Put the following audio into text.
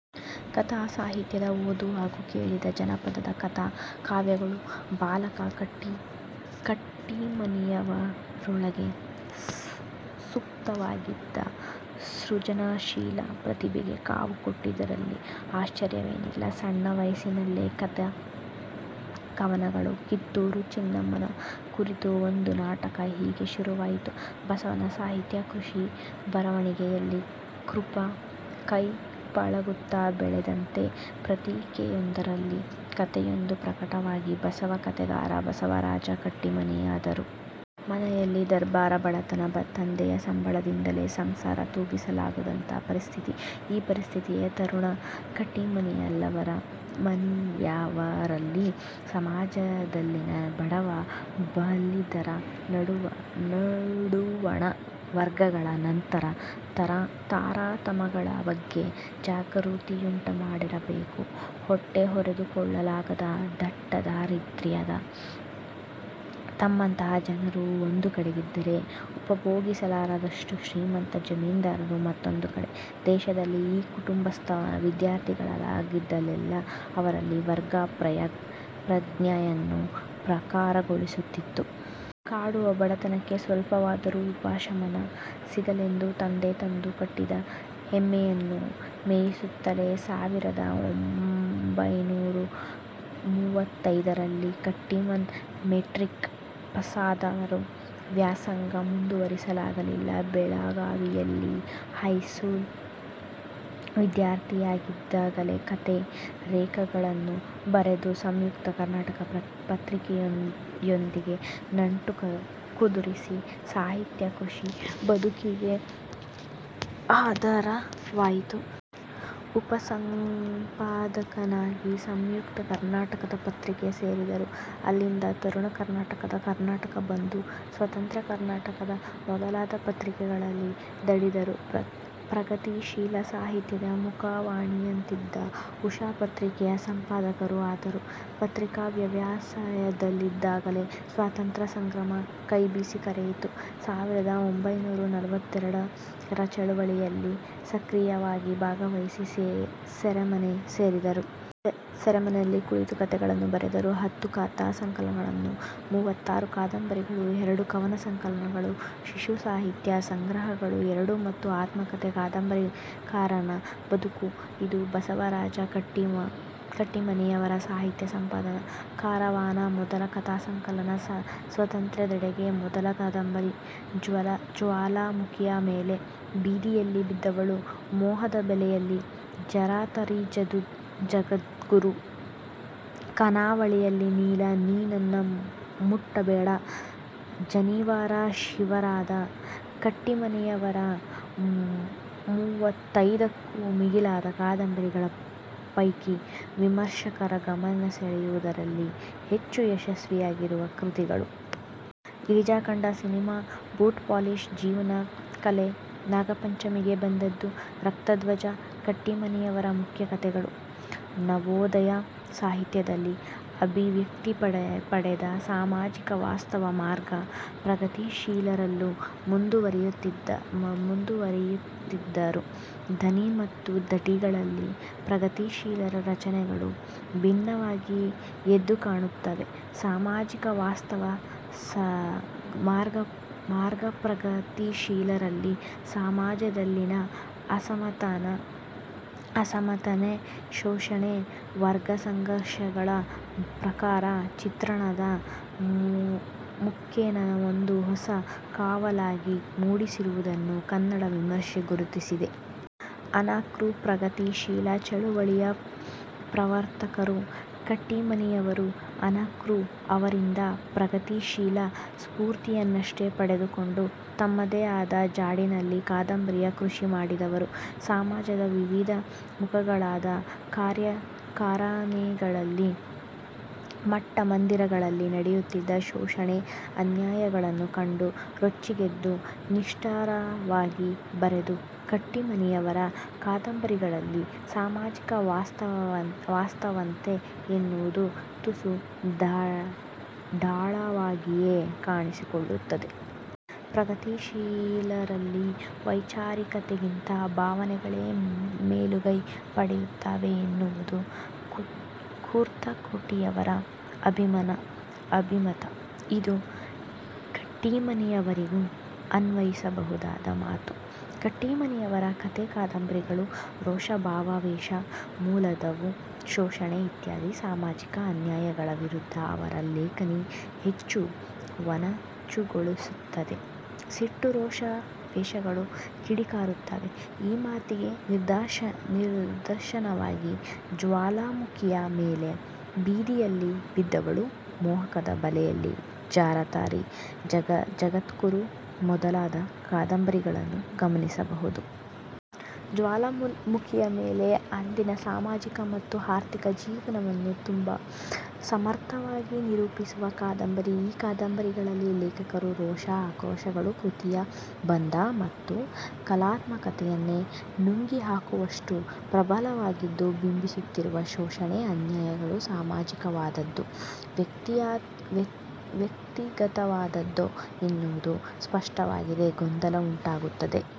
ಕಥಾ ಸಾಹಿತ್ಯದ ಓದು ಹಾಗೂ ಕೇಳಿದ ಜಾನಪದ ಕಥೆ-ಕಾವ್ಯಗಳು ಬಾಲಕ ಕಟ್ಟೀಮನಿಯವರೊಳಗೆ ಸುಪ್ತವಾಗಿದ್ದ ಸೃಜನಶೀಲ ಪ್ರತಿಭೆಗೆ ಕಾವು ಕೊಟ್ಟಿದ್ದರಲ್ಲಿ ಆಶ್ವರ್ಯವೇನಿಲ್ಲ. ಸಣ್ಣ ವಯಸ್ಸಿನಲ್ಲೇ ಕಥೆ, ಕವನಗಳು, ಕಿತ್ತೂರು ಚೆನ್ನಮ್ಮನನ್ನು ಕುರಿತು ಒಂದು ನಾಟಕ-ಹೀಗೆ ಶುರುವಾಯಿತು ಬಸವನ ಸಾಹಿತ್ಯ ಕೃಷಿ. ಬರವಣಿಗೆಯಲ್ಲಿ ಕೈ ಪಳಗುತ್ತಾ ಬೆಳೆದಂತೆ ಪತ್ರಿಕೆಯೊಂದರಲ್ಲಿ ಕಥೆಯೊಂದು ಪ್ರಕಟವಾಗಿ ಬಸವ ಕಥೆಗಾರ ಬಸವರಾಜ ಕಟ್ಟೀಮನಿ ಆದರು. ಮನೆಯಲ್ಲಿ ದುರ್ಭರ ಬಡತನ. ತಂದೆಯ ಸಂಬಳದಿಂದಲೇ ಸಂಸಾರ ತೂಗಿಸಲಾಗದಂತಹ ಪರಿಸ್ಥಿತಿ. ಈ ಪರಿಸ್ಥಿತಿಯೇ ತರುಣ ಕಟ್ಟೀಮನಿಯವರಲ್ಲಿ ಸಮಾಜದಲ್ಲಿನ ಬಡವ-ಬಲ್ಲಿದರ ನಡುವಣ ವರ್ಗಗಳ ಅಂತರ, ತರತಮಗಳ ಬಗ್ಗೆ ಜಾಗೃತಿಯುಂಟುಮಾಡಿರಬೇಕು. ಹೊಟ್ಟೆಹೊರೆದುಕೊಳ್ಳಲಾಗದ ದಟ್ಟದಾರಿದ್ರ್ಯದ ತಮ್ಮಂತಹ ಜನರು ಒಂದುಕಡೆಗಿದ್ದರೆ, ಉಪಭೋಗಿಸಲಾರದಷ್ಟು ಶ್ರೀಮಂತ ಜಮೀನ್ದಾರರು ಮತ್ತೊಂದೆಡೆಗೆ- ದೇಶದಲ್ಲಿನ ಈ ಕಟುವಾಸ್ತವ ವಿದ್ಯಾರ್ಥಿಯಾಗಿದ್ದಾಗಲೇ ಅವರಲ್ಲಿ ವರ್ಗ ಪ್ರಜ್ಞೆಯನ್ನೂ ಪ್ರಖರಗೊಳಿಸಿತ್ತು. ಕಾಡುವ ಬಡತನಕ್ಕೆ ಸ್ವಲ್ಪವಾದರೂ ಉಪಶಮನ ಸಿಗಲೆಂದು ತಂದೆ ತಂದು ಕಟ್ಟಿದ ಎಮ್ಮೆಯನ್ನು ಮೇಯಿಸುತ್ತಲೇ ಸಾವಿರದ ಒಂಭೈನೂರ ಮೂವತ್ತೈದರಲ್ಲಿ ಕಟ್ಟೀಮನಿ ಮೆಟ್ರಿಕ್ ಪಾಸಾದರು. ವ್ಯಾಸಂಗ ಮುಂದುವರಿಸಲಾಗಲಿಲ್ಲ. ಬೆಳಗಾವಿಯಲ್ಲಿ ಹೈಸೂಲ್ ವಿದ್ಯಾರ್ಥಿಯಾಗಿದ್ದಾಗಲೇ ಕಥೆ ೇಖನಗಳನ್ನು ಬರೆದು 'ಸಂಯುಕ್ತ ಕರ್ನಾಟಕ' ಪತ್ರಿಕೆಯೊಂದಿಗೆ ನಂಟು ಕುದುರಿತ್ತು. ಸಾಹಿತ್ಯ ಕೃಷಿ ಬದುಕಿಗೆ ಆಧಾರವಾಯಿತು. ಉಪಸಂಪಾದಕನಾಗಿ 'ಸಂಯುಕ್ತ ಕರ್ನಾಟಕ' ಪತ್ರಿಕೆ ಸೇರಿದರು. ಅಲ್ಲಿಂದ 'ತರುಣ ಕರ್ನಾಟಕ', 'ಕರ್ನಾಟಕ ಬಂಧು' 'ಸ್ವತಂತ್ರ ಕರ್ನಾಟಕ' ಮೊದಲಾದ ಪತ್ರಿಕೆಗಳಲ್ಲಿ ದುಡಿದರು. ಪ್ರಗತಿಶೀಲ ಸಾಹಿತ್ಯದ ಮುಖವಾಣಿಯಂತಿದ್ದ 'ಉಷಾ' ಪತ್ರಿಕೆಯ ಸಂಪಾದಕರೂ ಆದರು. ಪತ್ರಿಕಾ ವ್ಯವಸಾಯದಲ್ಲಿದ್ದಾಗಲೇ ಸ್ವಾತಂತ್ರ್ಯ ಸಂಗ್ರಾಮ ಕೈಬೀಸಿ ಕರೆಯಿತು. ಸಾವಿರದ ಒಂಭೈನೂರ ನಲವತ್ತೆರಡರ ಚಳವಳಿಯಲ್ಲಿ ಸಕ್ರಿಯವಾಗಿ ಭಾವಹಿಸಿ ಸೆರೆಮನೆ ಸೇರಿದರು. ಸೆರೆಮನೆಯಲ್ಲಿ ಕುಳಿತು ಕಥೆಗಳನ್ನು ಬರೆದರು. ಹತ್ತು ಕಥಾ ಸಂಕಲನಗಳು, ಮೂವತ್ತಾರು ಕಾದಂಬರಿಗಳು, ಎರಡು ಕವನ ಸಂಕಲನಗಳು, ಶಿಶು ಸಾಹಿತ್ಯ ಸಂಗ್ರಹಗಳು ಎರಡು ಮತ್ತು ಆತ್ಮಕಥೆ 'ಕಾದಂಬರಿಕಾರನ ಬದುಕು'- ಇದು ಬಸವರಾಜ ಕಟ್ಟೀಮನಿಯವರ ಸಾಹಿತ್ಯ ಸಂಪದ. 'ಕಾರವಾನ' ಮೊದಲ ಕಥಾ ಸಂಕಲನ. 'ಸ್ವಾತಂತ್ರ್ಯದೆಡೆಗೆ' ಮೊದಲ ಕಾದಂಬರಿ. 'ಜ್ವಾಲಾಮುಖಿಯ ಮೇಲೆ', 'ಬೀದಿಯಲ್ಲಿ ಬಿದ್ದವಳು', 'ಮೋಹದ ಬಲೆಯಲ್ಲಿ', 'ಜರತಾರಿ ಜಗದ್ಗುರು', 'ಖಾನಾವಳಿಯ ನೀಲ', 'ನೀ ನನ್ನ ಮುಟ್ಟ ಬೇಡ', 'ಜನಿವಾರ ಶಿವದಾರ' ಕಟ್ಟೀಮನಿಯವರ ಮುವ್ವತ್ತೈದಕ್ಕೂ ಮಿಗಿಲಾದ ಕಾದಂಬರಿಗಳ ಪೈಕಿ ವಿಮರ್ಶಕರ ಗಮನಸೆಳೆಯುವುದರಲ್ಲಿ ಹೆಚ್ಚು ಯಶಸ್ವಿಯಾಗಿರುವ ಕೃತಿಗಳು. 'ಗಿರಿಜಾ ಕಂಡ ಸಿನೆಮಾ', 'ಬೂಟ್ ಪಾಲಿಷ್', 'ಜೀವನ ಕಲೆ', 'ನಾಗಪಂಚಮಿಗೆ ಬಂದದ್ದು', 'ರಕ್ತಧ್ವಜ' ಕಟ್ಟೀಮನಿಯವರ ಮುಖ್ಯ ಕತೆಗಳು. ನವೋದಯ ಸಾಹಿತ್ಯದಲ್ಲಿ ಅಭಿವ್ಯಕ್ತಿಪಡೆದ ಸಾಮಾಜಿಕ ವಾಸ್ತವ ಮಾರ್ಗ ಪ್ರಗತಿಶೀಲರಲ್ಲೂ ಮುಂದುವರಿಯಿತಾದರೂ ದನಿ ಮತ್ತು ಧಾಟಿಗಳಲ್ಲಿ ಪ್ರಗತಿಶೀಲರ ರಚನೆಗಳು ಭಿನ್ನವಾಗಿ ಎದ್ದು ಕಾಣುತ್ತವೆ. ಸಾಮಾಜಿಕ ವಾಸ್ತವ ಮಾರ್ಗಪ್ರಗತಿಶೀಲರಲ್ಲಿ ಸಮಾಜದಲ್ಲಿನ ಅಸಮಾನತೆ, ಶೋಷಣೆ, ವರ್ಗಸಂಘರ್ಷಗಳ ಪ್ರಖರ ಚಿತ್ರಣದ ಮುಖೇನ ಒಂದು ಹೊಸ ಕವಲಾಗಿ ಮೂಡಿರುವುದನ್ನು ಕನ್ನಡ ವಿಮರ್ಶೆ ಗುರುತಿಸಿದೆ. ಅನಕೃ ಪ್ರಗತಿಶೀಲ ಚಳವಳಿಯ ಪ್ರವರ್ತಕರು. ಕಟ್ಟೀಮನಿಯವರು ಅನಕೃ ಅವರಿಂದ ಪ್ರಗತಿಶೀಲ ಸ್ಫೂರ್ತಿಯನ್ನಷ್ಟೇ ಪಡೆದುಕೊಂಡು ತಮ್ಮದೇ ಆದ ಜಾಡಿನಲ್ಲಿ ಕಾದಂಬರಿಯ ಕೃಷಿ ಮಾಡಿದವರು. ಸಮಾಜದ ವಿವಿಧ ಮುಖಗಳಾದ ಕಾರ್ಖಾನೆಗಳು, ಮಠಮಂದಿರಗಳಲ್ಲಿ ನಡೆಯುತ್ತಿದ್ದ ಶೋಷಣೆ, ಅನ್ಯಾಯಗಳನ್ನು ಕಂಡು ರೊಚ್ಚಿಗೆದ್ದು ನಿಷ್ಠುರವಾಗಿ ಬರೆದ ಕಟ್ಟೀಮನಿಯವರ ಕಾದಂಬರಿಗಳಲ್ಲಿ ಸಾಮಾಜಿಕ ವಾಸ್ತವತೆ ಎನ್ನುವುದು ತುಸು ಢಾಳವಾಗಿಯೇ ಕಾಣಿಸಿಕೊಳ್ಳುತ್ತದೆ. ಪ್ರಗತಿಶೀಲರಲ್ಲಿ ವೈಚಾರಿಕತೆಗಿಂತ ಭಾವನೆಗಳೇ ಮೇಲುಗೈ ಪಡೆಯುತ್ತವೆ ಎನ್ನುವುದು ಕುರ್ತಕೋಟಿಯವರ ಅಭಿಮತ. ಇದು ಕಟ್ಟೀಮನಿಯವರಿಗೂ ಅನ್ವಯಿಸಬಹುದಾದ ಮಾತು. ಕಟ್ಟೀಮನಿಯವರ ಕಥೆ-ಕಾದಂಬರಿಗಳು ರೋಷ, ಭಾವಾವೇಶ ಮೂಲದವು. ಶೋಷಣೆ ಇತ್ಯಾದಿ ಸಾಮಾಜಿಕ ಅನ್ಯಾಯಗಳ ವಿರುದ್ಧ ಅವರ ಲೇಖನಿ ಹೆಚ್ಚು ಮೊನಚುಗೊಳ್ಳುತ್ತದೆ. ಸಿಟ್ಟು, ರೋಷಾವೇಶಗಳು ಕಿಡಿಕಾರುತ್ತವೆ. ಈ ಮಾತಿಗೆ ನಿದರ್ಶನವಾಗಿ 'ಜ್ವಾಲಾಮುಖಿಯ ಮೇಲೆ', 'ಬೀದಿಯಲ್ಲಿ ಬಿದ್ದವಳು', 'ಮೋಹದ ಬಲೆಯಲ್ಲಿ, 'ಜರತಾರಿ ಜಗದ್ಗುರು' ಮೊದಲಾದ ಕಾದಂಬರಿಗಳನ್ನು ಗಮನಿಸಬಹುದು. 'ಜ್ವಾಲಾಮುಖಿಯ ಮೇಲೆ' ಅಂದಿನ ಸಾಮಾಜಿಕ ಮತ್ತು ಆರ್ಥಿಕ ಜೀವನವನ್ನು ತುಂಬಾ ಸಮರ್ಥವಾಗಿ ನಿರೂಪಿಸುವ ಕಾದಂಬರಿ. ಈ ಕಾದಂಬರಿಗಳಲ್ಲಿ ಲೇಖಕರ ರೋಷ, ಆಕ್ರೋಷಗಳು ಕೃತಿಯ ಬಂಧ ಮತ್ತು ಕಲಾತ್ಮಕತೆಯನ್ನೇ ನುಂಗಿಹಾಕುವಷ್ಟು ಪ್ರಬಲವಾಗಿದ್ದು ಬಿಂಬಿಸುತ್ತಿರುವ ಶೋಷಣೆ, ಅನ್ಯಾಯಗಳು ಸಾಮಾಜಿಕವಾದದ್ದೋ, ವ್ಯಕ್ತಿಗತವಾದದ್ದೋ ಎನ್ನುವುದು ಸ್ಪಷ್ಟವಾಗದೆ ಗೊಂದಲ ಉಂಟಾಗುತ್ತದೆ.